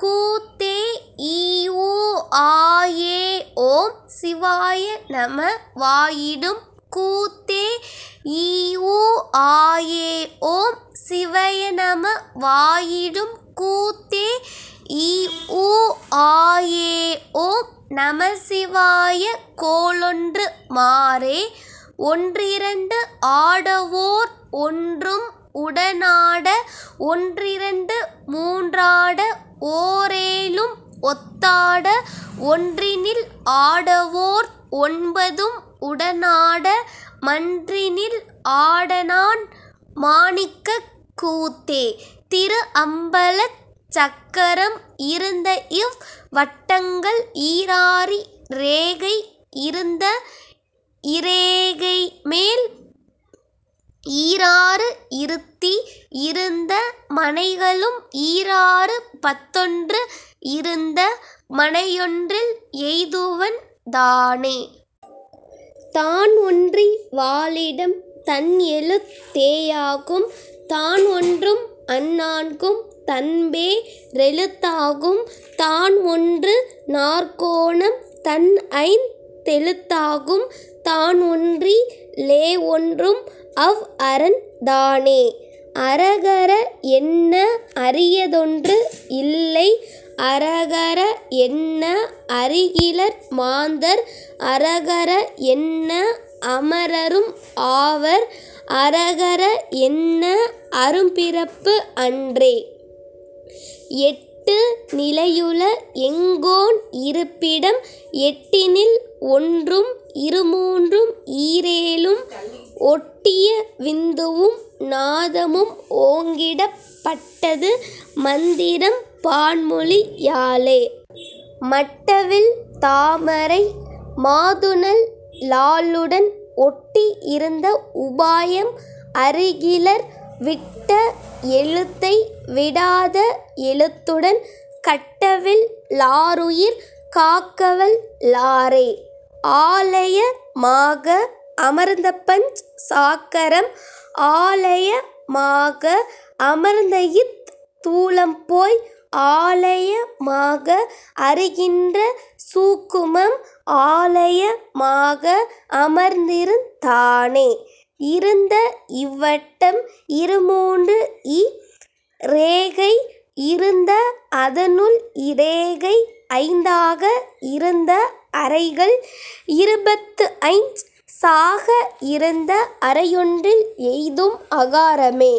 கூத்தே ஈஊஆஏஓம் சிவாய நம வாயிடும் கூத்தே ஈஊஆஏஓம் சிவயநம வாயிடும் கூத்தே இஊஆஏஓம் நமசிவாய கோளொன்று மாறே. ஒன்றிரண்டு ஆடவோர் ஒன்றும் உடனாட ஒன்றிரண்டு மூன்றாட ஓரேழும் ஒத்தாட ஒன்றினில் ஆடவோர் ஒன்பதும் உடனாட மன்றினில் ஆடனான் மாணிக்கக் கூத்தே.. திருஅம்பலச் சக்கரம் இருந்தஇவ் வட்டங்கள் ஈராறி ரேகை இருந்த இரேகைமேல் ஈராறு இருத்தி இருந்த மனைகளும் ஈராறு பத்தொன்று இருந்த மனையொன்றில் எய்துவன் தானே. தான்ஒன்றி வாழிடம் தன்எழுத் தேயாகும் தான்ஒன்றும் அந்நான்கும் தன்பே ரெழுத்தாகும் தான்ஒன்று நாற்கோணம் தன்ஐந் தெழுத்தாகும் தான்ஒன்றி லேஒன்றும் அவ்அரன் தானே. அரகர என்ன அரியதொன்று இல்லை அரகர என்ன அறிகிலர் மாந்தர் அரகர என்ன அமரரும் ஆவர் அரகர என்ன அறும்பிறப்பு அன்றே. எட்டு நிலையுள எங்கோன் இருப்பிடம் எட்டினில் ஒன்றும் இருமூன்றும் ஈரேழும் ஒட்டிய விந்துவும் நாதமும் ஓங்கிடப் பட்டது மந்திரம் பான்மொழி யாலே. மட்டவிழ் தாமரை மாதுநல் லாளுடன் ஒட்டி இருந்த உபாயம் அறிகிலர் விட்ட எழுத்தை விடாத எழுத்துடன் கட்டவில் லாருயிர் காக்கவல் லாரே. ஆலய மாக அமர்ந்தபஞ் சாக்கரம் ஆலய மாக அமர்ந்தஇத் தூலம்போய் ஆலய மாக அறிகின்ற சூக்குமம் ஆலய மாக அமர்ந்திருந் தானே. இருந்த இவ்வட்டம் இருமூன்றுஇ ரேகை இருந்த அதனுள் இரேகை ஐந்தாக இருந்த அறைகள் இருபத்துஐஞ் சாக இருந்த அறையொன்றில் எய்தும் அகாரமே.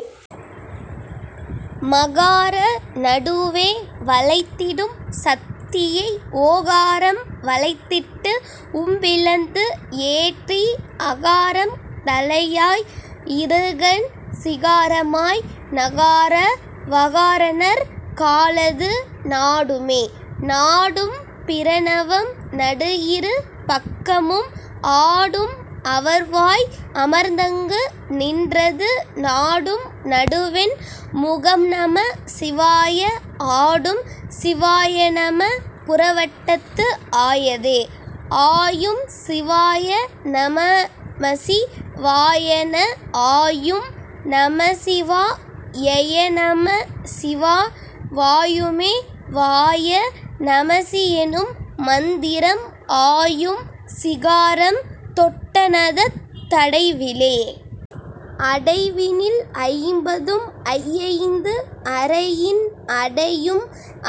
மகார நடுவே வளைத்திடும் சத்தியை ஓகாரம் வளைத்திட்டு உம்பிளந்து ஏற்றி அகாரம் தலையாய் இருகண் சிகாரமாய் நகார வகாரநற் காலது நாடுமே. நாடும் பிரணவம் நடுஇரு பக்கமும் ஆடும் அவர்வாய் அமர்ந்தங்கு நின்றது நாடும் நடுவண் முகம்நம சிவாய ஆடும் சிவாயநம புறவட்டத்து ஆயதே. ஆயும் சிவாய நமமசி வாயந ஆயும் நமசிவா யயநம சிவா வாயுமே வாய நமசியெனும் மந்திரம் ஆயும் சிகாரம் தொட்டநதத் தடைவிலே. அடைவினில் ஐம்பதும் ஐஐந்து அறையின் அடையும்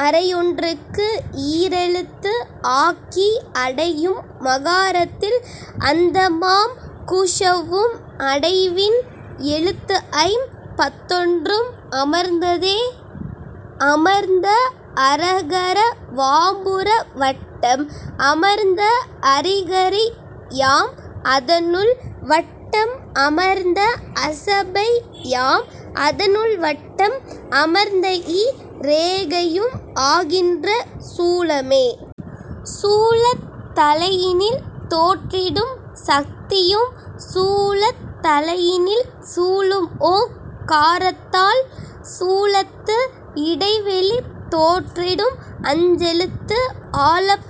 அறையொன்றுக்கு ஈரெழுத்து ஆக்கி அடையும் மகாரத்தில் அந்தமாம் க்ஷவ்வும் அடைவின் எழுத்துஐம் பத்தொன்றும் அமர்ந்ததே. அமர்ந்த அரகர வாம்புற வட்டம் அமர்ந்த அரிகரி யாம் அதனுள் வட்டம் அமர்ந்த அசபை யாம் அதனுள்வட்டம் அமர்ந்தஇ ரேகையும் ஆகின்ற சூலமே. சூலத் தலையினில் தோற்றிடும் சத்தியும் சூலத் தலையினில் சூழும்ஓங் காரத்தால் சூலத்து இடைவெளி தோற்றிடும் அஞ்செழுத்து ஆலப்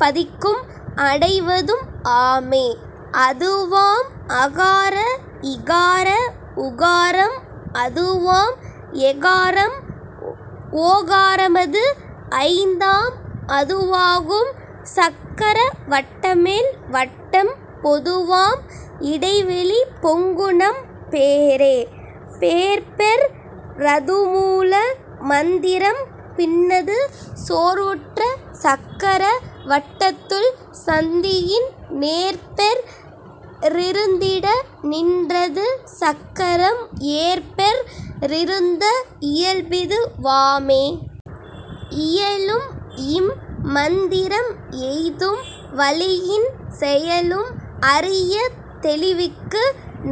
பதிக்கும் அடைவதும் ஆமே. அதுவாம் அகார இகார உகாரம் அதுவாம் எகாரம் ஓகாரமது ஐந்தாம் அதுவாகும் சக்கர வட்டமேல் வட்டம் பொதுவாம் இடைவெளி பொங்குநம் பேரே. பேர்பெற் றதுமூல மந்திரம் பின்னது சோர்வுற்ற சக்கர வட்டத்துள் சந்தியின் நேர்பெற் றிருந்திட நின்றது சக்கரம் ஏர்பெற் றிருந்த இயல்பிது வாமே. இயலும் இம் மந்திரம் எய்தும் வழியின் செயலும் அறியத் தெளிவிக்கு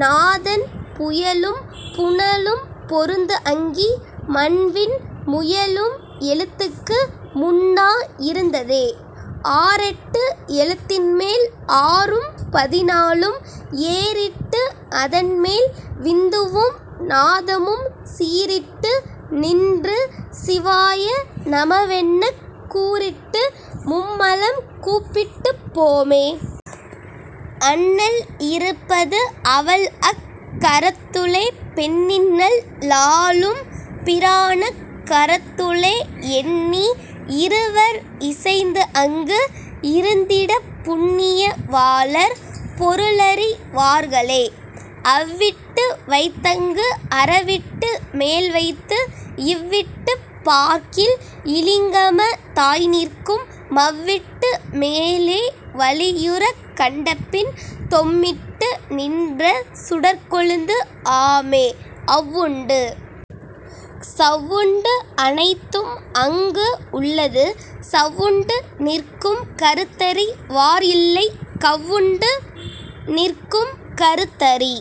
நாதன் புயலும் புனலும் பொருந்துஅங்கி மண்விண் முயலும் எழுத்துக்கு முன்னா இருந்ததே. ஆறெட்டு எழுத்தின்மேல் ஆறும் பதினாலும் ஏறிட்டு அதன்மேல் விந்துவும் நாதமும் சீறிட்டு நின்று சிவாய நமவென்னக் கூறிட்டு மும்மலம் கூப்பிட்டுப் போமே. அண்ணல் இருப்பது அவள்அக் கரத்துளே பெண்ணின்நல் லாளும் பிரானக் கரத்துளே எண்ணி இருவர் இசைந்துஅங்கு இருந்திடப் புண்ணிய வாளர் பொருளறி வார்களே. அவ்விட்டு வைத்தங்கு அரவிட்டு மேல்வைத்து இவ்விட்டுப் பார்க்கில் இலிங்கம தாய்நிற்கும் மவ்விட்டு மேலே வளியுறக் கண்டபின் தொம்மிட்டு நின்ற சுடர்க்கொழுந்து ஆமே. அவ்வுண்டு சவ்வுண்டு அனைத்தும் அங்கு உள்ளது சவ்வுண்டு நிற்கும் கருத்தறி வார்இல்லை கவ்வுண்டு நிற்கும் கருத்தறி